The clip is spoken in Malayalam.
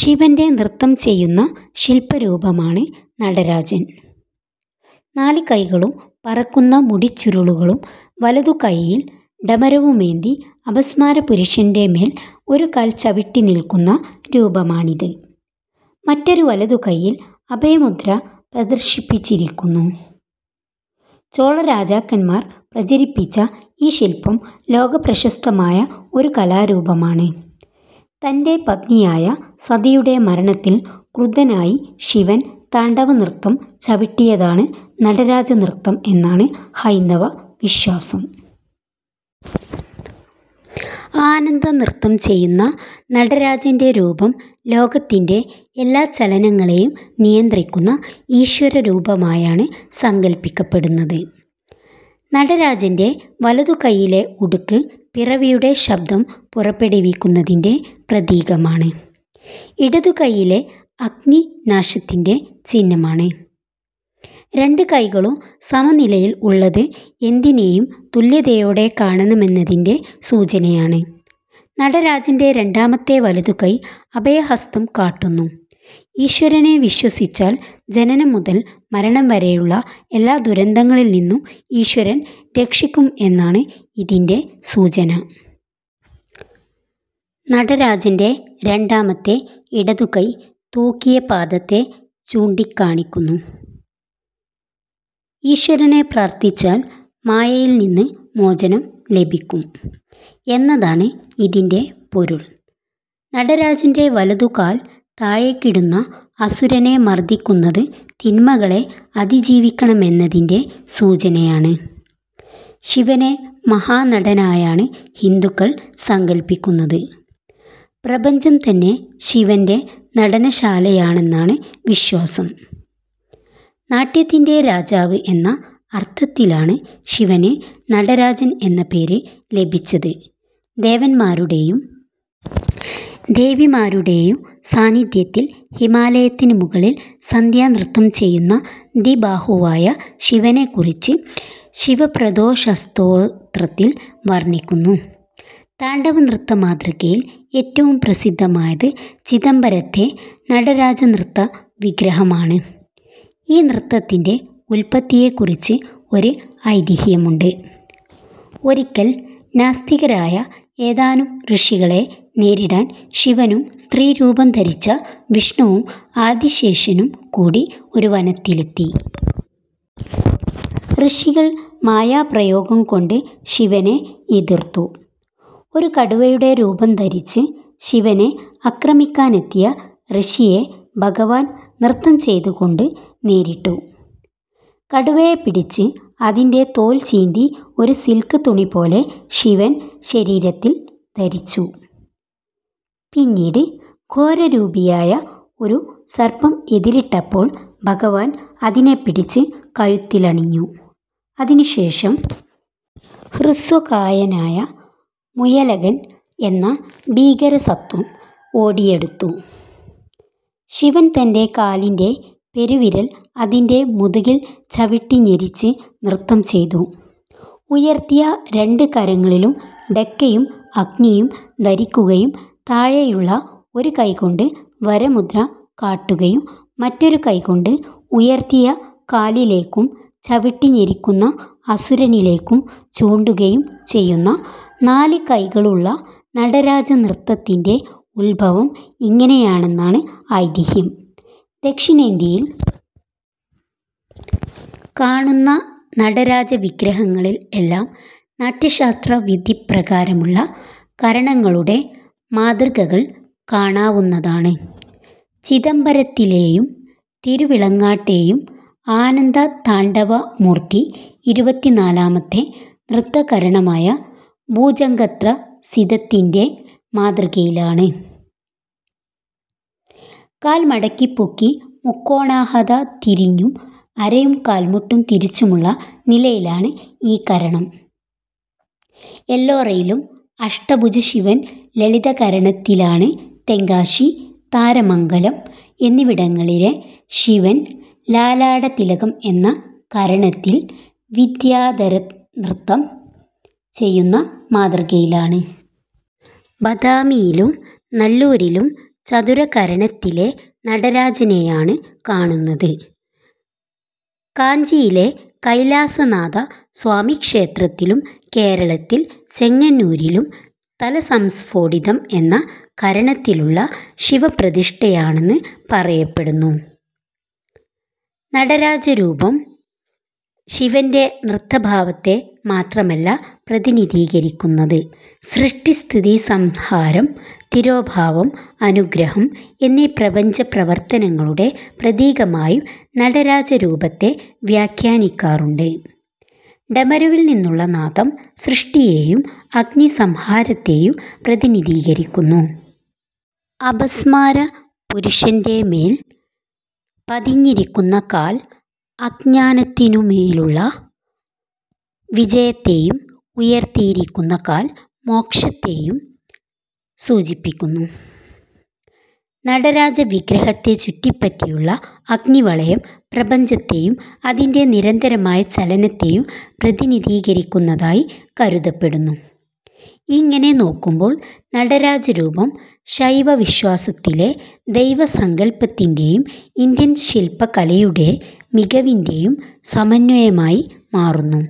ശിവന്റെ നൃത്തം ചെയ്യുന്ന ശിൽപ്പരൂപമാണ് നടരാജൻ. നാല് കൈകളും പറക്കുന്ന മുടിച്ചുരുളുകളും വലതുകൈയിൽ ഡമരുവുമേന്തി അപസ്മാരപുരുഷന്റെ മേൽ ഒരു കാൽ ചവിട്ടിനിൽക്കുന്ന രൂപമാണിത്. മറ്റൊരു വലതുകൈയിൽ അഭയമുദ്ര പ്രദർശിപ്പിച്ചിരിക്കുന്നു. ചോളരാജാക്കന്മാർ പ്രചരിപ്പിച്ച ഈ ശിൽപ്പം ലോകപ്രശസ്തമായ ഒരു കലാരൂപമാണ്. തന്റെ പത്നിയായ സതിയുടെ മരണത്തിൽ ക്രുദ്ധനായി ശിവൻ താണ്ഡവനൃത്തം ചവിട്ടിയതാണ് നടരാജനൃത്തം എന്നാണ് ഹൈന്ദവവിശ്വാസം. ആനന്ദനൃത്തം ചെയ്യുന്ന നടരാജന്റെ രൂപം ലോകത്തിന്റെ എല്ലാ ചലനങ്ങളെയും നിയന്ത്രിക്കുന്ന ഈശ്വരരൂപമായാണ് സങ്കൽപ്പിക്കപ്പെടുന്നത്. നടരാജന്റെ വലതുകൈയിലെ ഉടുക്ക് പിറവിയുടെ ശബ്ദം പുറപ്പെടുവിക്കുന്നതിന്റെ പ്രതീകമാണ്. ഇടതുകൈയിലെ അഗ്നി നാശത്തിന്റെ ചിഹ്നമാണ്. രണ്ട് കൈകളും സമനിലയിൽ ഉള്ളത് എന്തിനെയും തുല്യതയോടെ കാണണമെന്നതിന്റെ സൂചനയാണ്. നടരാജന്റെ രണ്ടാമത്തെ വലതുകൈ അഭയഹസ്തം കാട്ടുന്നു. ഈശ്വരനെ വിശ്വസിച്ചാൽ ജനനം മുതൽ മരണം വരെയുള്ള എല്ലാ ദുരന്തങ്ങളിൽനിന്നും ഈശ്വരൻ രക്ഷിക്കും എന്നാണ് ഇതിന്റെ സൂചന. നടരാജന്റെ രണ്ടാമത്തെ ഇടതുകൈ തൂക്കിയ പാദത്തെ ചൂണ്ടിക്കാണിക്കുന്നു. ഈശ്വരനെ പ്രാർഥിച്ചാൽ മായയിൽനിന്ന് മോചനം ലഭിക്കും എന്നതാണ് ഇതിന്റെ പൊരുൾ. നടരാജന്റെ വലതുകാൽ താഴെക്കിടക്കുന്ന അസുരനെ മർദിക്കുന്നത് തിന്മകളെ അതിജീവിക്കണമെന്നതിന്റെ സൂചനയാണ്. ശിവനെ മഹാനടനായാണ് ഹിന്ദുക്കൾ സങ്കൽപ്പിക്കുന്നത്. പ്രപഞ്ചം തന്നെ ശിവന്റെ നടനശാലയാണെന്നാണ് വിശ്വാസം. നാട്യത്തിന്റെ രാജാവ് എന്ന അർഥത്തിലാണ് ശിവന് നടരാജൻ എന്ന പേര് ലഭിച്ചത്. ദേവന്മാരുടെയും ദേവിമാരുടെയും സാന്നിധ്യത്തിൽ ഹിമാലയത്തിന് മുകളിൽ സന്ധ്യാനൃത്തം ചെയ്യുന്ന ദ്വിബാഹുവായ ശിവനെക്കുറിച്ച് ശിവപ്രദോഷസ്തോത്രത്തിൽ വർണിക്കുന്നു. താണ്ഡവനൃത്ത മാതൃകയിൽ ഏറ്റവും പ്രസിദ്ധമായത് ചിദംബരത്തെ നടരാജനൃത്ത വിഗ്രഹമാണ്.ഈ നൃത്തത്തിന്റെ ഉൽപ്പത്തിയെക്കുറിച്ച് ഒരു ഐതിഹ്യമുണ്ട്. ഒരിക്കൽ നാസ്തികരായ ഏതാനും ഋഷികളെ നേരിടാൻ ശിവനും സ്ത്രീരൂപം ധരിച്ച വിഷ്ണുവും ആദിശേഷനും കൂടി ഒരു വനത്തിലെത്തി. ഋഷികൾ മായാപ്രയോഗംകൊണ്ട് ശിവനെ എതിർത്തു. ഒരു കടുവയുടെ രൂപം ധരിച്ച് ശിവനെ ആക്രമിക്കാനെത്തിയ ഋഷിയെ ഭഗവാൻ നൃത്തം ചെയ്തുകൊണ്ട് നേരിട്ടു. കടുവയെ പിടിച്ച് അതിന്റെ തോൽ ചീന്തി ഒരു സിൽക്ക് തുണിപോലെ ശിവൻ ശരീരത്തിൽ ധരിച്ചു. പിന്നീട് ഘോരരൂപിയായ ഒരു സർപ്പം എതിരിട്ടപ്പോൾ ഭഗവാൻ അതിനെ പിടിച്ച് കഴുത്തിലണിഞ്ഞു. അതിനുശേഷം ഹ്രസ്വകായനായ മുയലകൻ എന്ന ഭീകരസത്വം ഓടിയടുത്തു. ശിവൻ തന്റെ കാലിന്റെ പെരുവിരൽ അതിന്റെ മുതുകിൽ ചവിട്ടിഞെരിച്ച് നൃത്തം ചെയ്തു. ഉയർത്തിയ രണ്ട് കരങ്ങളിലും ഢക്കയും അഗ്നിയും ധരിക്കുകയും താഴെയുള്ള ഒരു കൈകൊണ്ട് വരമുദ്ര കാട്ടുകയും മറ്റൊരു കൈകൊണ്ട് ഉയർത്തിയ കാലിലേക്കും ചവിട്ടിഞെരിക്കുന്ന അസുരനിലേക്കും ചൂണ്ടുകയും ചെയ്യുന്ന നാല് കൈകളുള്ള നടരാജനൃത്തത്തിന്റെ ഉത്ഭവം ഇങ്ങനെയാണെന്നാണ് ഐതിഹ്യം. ദക്ഷിണേന്ത്യയിൽ കാണുന്ന നടരാജവിഗ്രഹങ്ങളിൽ എല്ലാം നാട്യശാസ്ത്രവിധിപ്രകാരമുള്ള കരണങ്ങളുടെ മാതൃകകൾ കാണാവുന്നതാണ്. ചിദംബരത്തിലെയും തിരുവിളങ്ങാട്ടെയും ആനന്ദതാണ്ഡവമൂർത്തി ഇരുപത്തിനാലാമത്തെ നൃത്തകരണമായ ഭൂജംഗത്രസിതത്തിന്റെ മാതൃകയിലാണ്. കാൽ മടക്കിപ്പൊക്കി മുക്കോണാഹത തിരിഞ്ഞും അരയും കാൽമുട്ടും തിരിച്ചുമുള്ള നിലയാണ് ഈ കരണം. എല്ലോറയിലും അഷ്ടഭുജശിവൻ ലളിതകരണത്തിലാണ്. തെങ്കാശി, താരമംഗലം എന്നിവിടങ്ങളിലെ ശിവൻ ലലാടതിലകം എന്ന കരണത്തിൽ വിദ്യാധരനൃത്തം ചെയ്യുന്ന മാതൃകയിലാണ്. ബദാമിയിലും നല്ലൂരിലും ചതുരകരണത്തിലെ നടരാജനെയാണ് കാണുന്നത്. കാഞ്ചിയിലെ കൈലാസനാഥസ്വാമിക്ഷേത്രത്തിലും കേരളത്തിൽ ചെങ്ങന്നൂരിലും തലസംസ്ഫോടിതം എന്ന കരണത്തിലുള്ള ശിവപ്രതിഷ്ഠയാണെന്ന് പറയപ്പെടുന്നു. നടരാജരൂപം ശിവന്റെ നൃത്തഭാവത്തെ മാത്രമല്ല പ്രതിനിധീകരിക്കുന്നത്. സൃഷ്ടി സ്ഥിതി സംഹാരം തിരോഭാവം അനുഗ്രഹം എന്നീ പ്രപഞ്ചപ്രവർത്തനങ്ങളുടെ പ്രതീകമായും നടരാജരൂപത്തെ വ്യാഖ്യാനിക്കാറുണ്ട്. ഡമരുവിൽനിന്നുള്ള നാദം സൃഷ്ടിയെയും അഗ്നി സംഹാരത്തെയും പ്രതിനിധീകരിക്കുന്നു. അപസ്മാരപുരുഷന്റെ മേൽ പതിഞ്ഞിരിക്കുന്ന കാൽ അജ്ഞാനത്തിനുമേലുള്ള വിജയത്തെയും ഉയർത്തിയിരിക്കുന്ന കാൽ മോക്ഷത്തെയും സൂചിപ്പിക്കുന്നു. നടരാജവിഗ്രഹത്തെ ചുറ്റിപ്പറ്റിയുള്ള അഗ്നിവളയം പ്രപഞ്ചത്തെയും അതിന്റെ നിരന്തരമായ ചലനത്തെയും പ്രതിനിധീകരിക്കുന്നതായി കരുതപ്പെടുന്നു. ഇങ്ങനെ നോക്കുമ്പോൾ നടരാജരൂപം ശൈവവിശ്വാസത്തിലെ ദൈവസങ്കൽപ്പത്തിന്റെയും ഇന്ത്യൻ ശിൽപ്പകലയുടെ മികവിന്റെയും സമന്വയമായി മാറുന്നു.